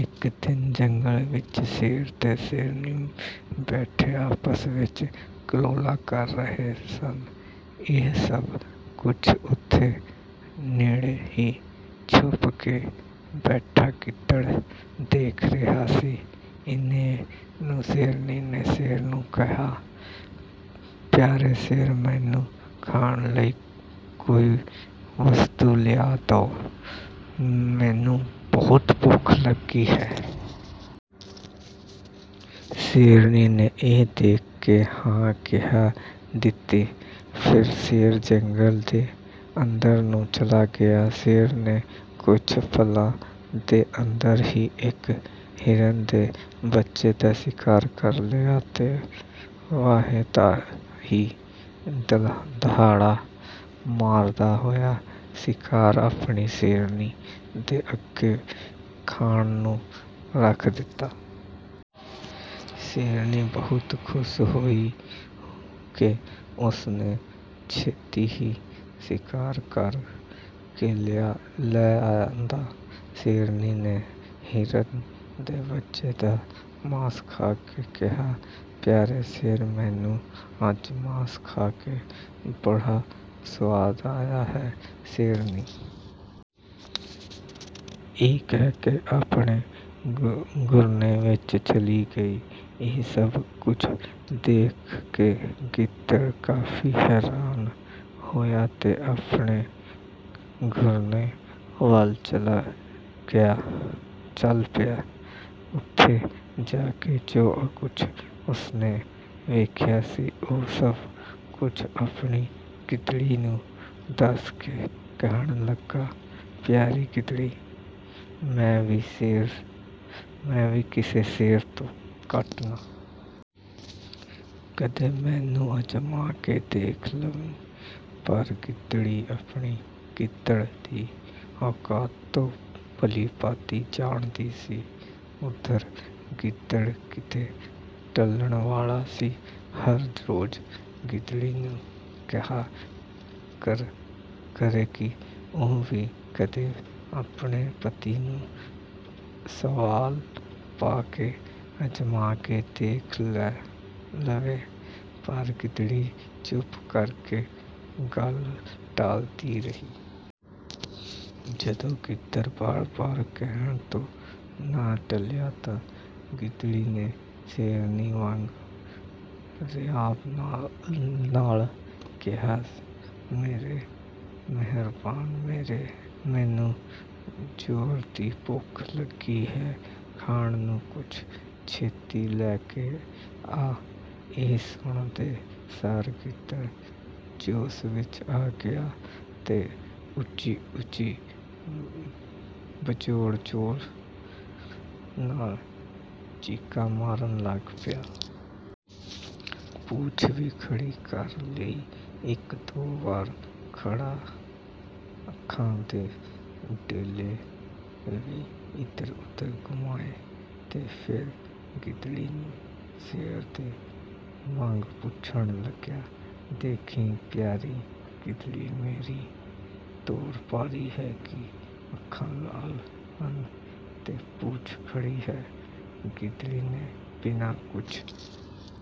ਇੱਕ ਦਿਨ ਜੰਗਲ ਵਿੱਚ ਸ਼ੇਰ ਤੇ ਸ਼ੇਰਨੀ ਬੈਠੇ ਆਪਸ ਵਿੱਚ ਕਲੋਲਾਂ ਕਰ ਰਹੇ ਸਨ। ਇਹ ਸਭ ਕੁਝ ਉੱਥੇ ਨੇੜੇ ਹੀ ਛੁਪ ਕੇ ਬੈਠਾ ਗਿੱਦੜ ਦੇਖ ਰਿਹਾ ਸੀ। ਇੰਨੇ ਨੂੰ ਸ਼ੇਰਨੀ ਨੇ ਸ਼ੇਰ ਨੂੰ ਕਿਹਾ, ''ਪਿਆਰੇ ਸ਼ੇਰ, ਮੈਨੂੰ ਖਾਣ ਲਈ ਕੋਈ ਵਸਤੂ ਲਿਆ ਦੋ, ਮੈਨੂੰ ਬਹੁਤ ਭੁੱਖ ਲੱਗੀ ਹੈ।'' ਸ਼ੇਰਨੀ ਨੇ ਇਹ ਦੇਖ ਕੇ 'ਹਾਂ' ਕਹਿ ਦਿੱਤੀ। ਫਿਰ ਸ਼ੇਰ ਜੰਗਲ ਦੇ ਅੰਦਰ ਨੂੰ ਚਲਾ ਗਿਆ। ਸ਼ੇਰ ਨੇ ਕੁਝ ਪਲਾਂ ਦੇ ਅੰਦਰ ਹੀ ਇੱਕ ਹਿਰਨ ਦੇ ਬੱਚੇ ਦਾ ਸ਼ਿਕਾਰ ਕਰ ਲਿਆ ਤੇ ਵਾਹੋ-ਦਾਹੀ ਦਹਾੜਾਂ ਮਾਰਦਾ ਹੋਇਆ ਸ਼ਿਕਾਰ ਆਪਣੀ ਸ਼ੇਰਨੀ ਦੇ ਅੱਗੇ ਖਾਣ ਨੂੰ ਰੱਖ ਦਿੱਤਾ। ਸ਼ੇਰਨੀ ਬਹੁਤ ਖ਼ੁਸ਼ ਹੋਈ ਕਿ ਉਸ ਨੇ ਛੇਤੀ ਹੀ ਸ਼ਿਕਾਰ ਕਰ ਕੇ ਲੈ ਆਂਦਾ। ਸ਼ੇਰਨੀ ਨੇ ਹਿਰਨ ਦੇ ਬੱਚੇ ਦਾ ਮਾਸ ਖਾ ਕੇ ਕਿਹਾ, ''ਪਿਆਰੇ ਸ਼ੇਰ, ਮੈਨੂੰ ਅੱਜ ਮਾਸ ਖਾ ਕੇ ਬੜਾ ਸੁਆਦ ਆਇਆ ਹੈ।"ਸ਼ੇਰਨੀ ਇਹ ਕਹਿ ਕੇ ਆਪਣੇ ਘੁਰਨੇ ਵਿੱਚ ਚਲੀ ਗਈ। ਇਹ ਸਭ ਕੁਝ ਦੇਖ ਕੇ ਗਿੱਦੜ ਕਾਫ਼ੀ ਹੈਰਾਨ ਹੋਇਆ ਤੇ ਆਪਣੇ ਘੁਰਨੇ ਵੱਲ ਚੱਲ ਪਿਆ। ਉੱਥੇ ਜਾ ਕੇ ਜੋ ਕੁਝ ਉਸ ਨੇ ਵੇਖਿਆ ਸੀ, ਉਹ ਸਭ ਕੁਝ ਆਪਣੀ ਗਿੱਦੜੀ ਨੂੰ ਦੱਸ ਕੇ ਕਹਿਣ ਲੱਗਾ, ''ਪਿਆਰੀ ਗਿੱਦੜੀ, ਮੈਂ ਵੀ ਕਿਸੇ ਸ਼ੇਰ ਤੋਂ ਘੱਟ ਨਹੀਂ ਹਾਂ। ਕਦੇ ਮੈਨੂੰ ਅਜ਼ਮਾ ਕੇ ਦੇਖ ਲਵੀਂ।''ਪਰ ਗਿੱਦੜੀ ਆਪਣੇ ਗਿੱਦੜ ਦੀ ਔਕਾਤ ਤੋਂ ਭਲੀ-ਭਾਂਤ ਜਾਣੂ ਸੀ। ਓਧਰ ਗਿੱਦੜ ਕਿੱਥੇ ਟਲਣ ਵਾਲਾ ਸੀ। ਹਰ ਰੋਜ਼ ਗਿੱਦੜੀ ਨੂੰ ਕਿਹਾ ਕਰੇ ਕਿ ਉਹ ਵੀ ਕਦੇ ਆਪਣੇ ਪਤੀ ਨੂੰ ਸਵਾਲ ਪਾ ਕੇ ਅਜ਼ਮਾ ਕੇ ਦੇਖ ਲਵੇ, ਪਰ ਗਿੱਦੜੀ ਚੁੱਪ ਕਰਕੇ ਗੱਲ ਟਾਲਦੀ ਰਹੀ। ਜਦੋਂ ਗਿੱਦੜ ਵਾਰ-ਵਾਰ ਕਹਿਣ ਤੋਂ ਨਾ ਟਲਿਆ ਤਾਂ ਗਿੱਦੜੀ ਨੇ ਸ਼ੇਰਨੀ ਵਾਂਗ ਰੋਅਬ ਨਾਲ ਕਿਹਾ, ''ਮੇਰੇ ਮਿਹਰਬਾਨ, ਮੈਨੂੰ ਜ਼ੋਰ ਦੀ ਭੁੱਖ ਲੱਗੀ ਹੈ, ਖਾਣ ਨੂੰ ਕੁਝ ਛੇਤੀ ਲੈ ਕੇ ਆ।" ਇਹ ਸੁਣਦੇ ਸਾਰ ਗਿੱਦੜ ਜੋਸ਼ ਵਿੱਚ ਆ ਗਿਆ ਤੇ ਉੱਚੀ-ਉੱਚੀ ਬੜੇ ਜ਼ੋਰ ਨਾਲ ਚੀਕਾਂ ਮਾਰਨ ਲੱਗ ਪਿਆ। ਪੂੰਛ ਵੀ ਖੜ੍ਹੀ ਕਰ ਲਈ, ਇੱਕ-ਦੋ ਵਾਰ ਅੱਖਾਂ ਦੇ ਡੇਲੇ ਵੀ ਇੱਧਰ-ਉੱਧਰ ਘੁੰਮਾਏ ਤੇ ਫਿਰ ਗਿੱਦੜੀ ਨੂੰ ਸ਼ੇਰ ਦੇ ਵਾਂਗ ਪੁੱਛਣ ਲੱਗਿਆ, ''ਦੇਖੀਂ, ਪਿਆਰੀ ਗਿੱਦੜੀ, ਮੇਰੀ ਤੋਰ ਭਾਰੀ ਹੈ, ਕੀ ਅੱਖਾਂ ਲਾਲ ਹਨ ਤੇ ਪੂੰਛ ਖੜ੍ਹੀ ਹੈ?'' ਗਿੱਦੜੀ ਨੇ ਬਿਨਾਂ ਕੁਝ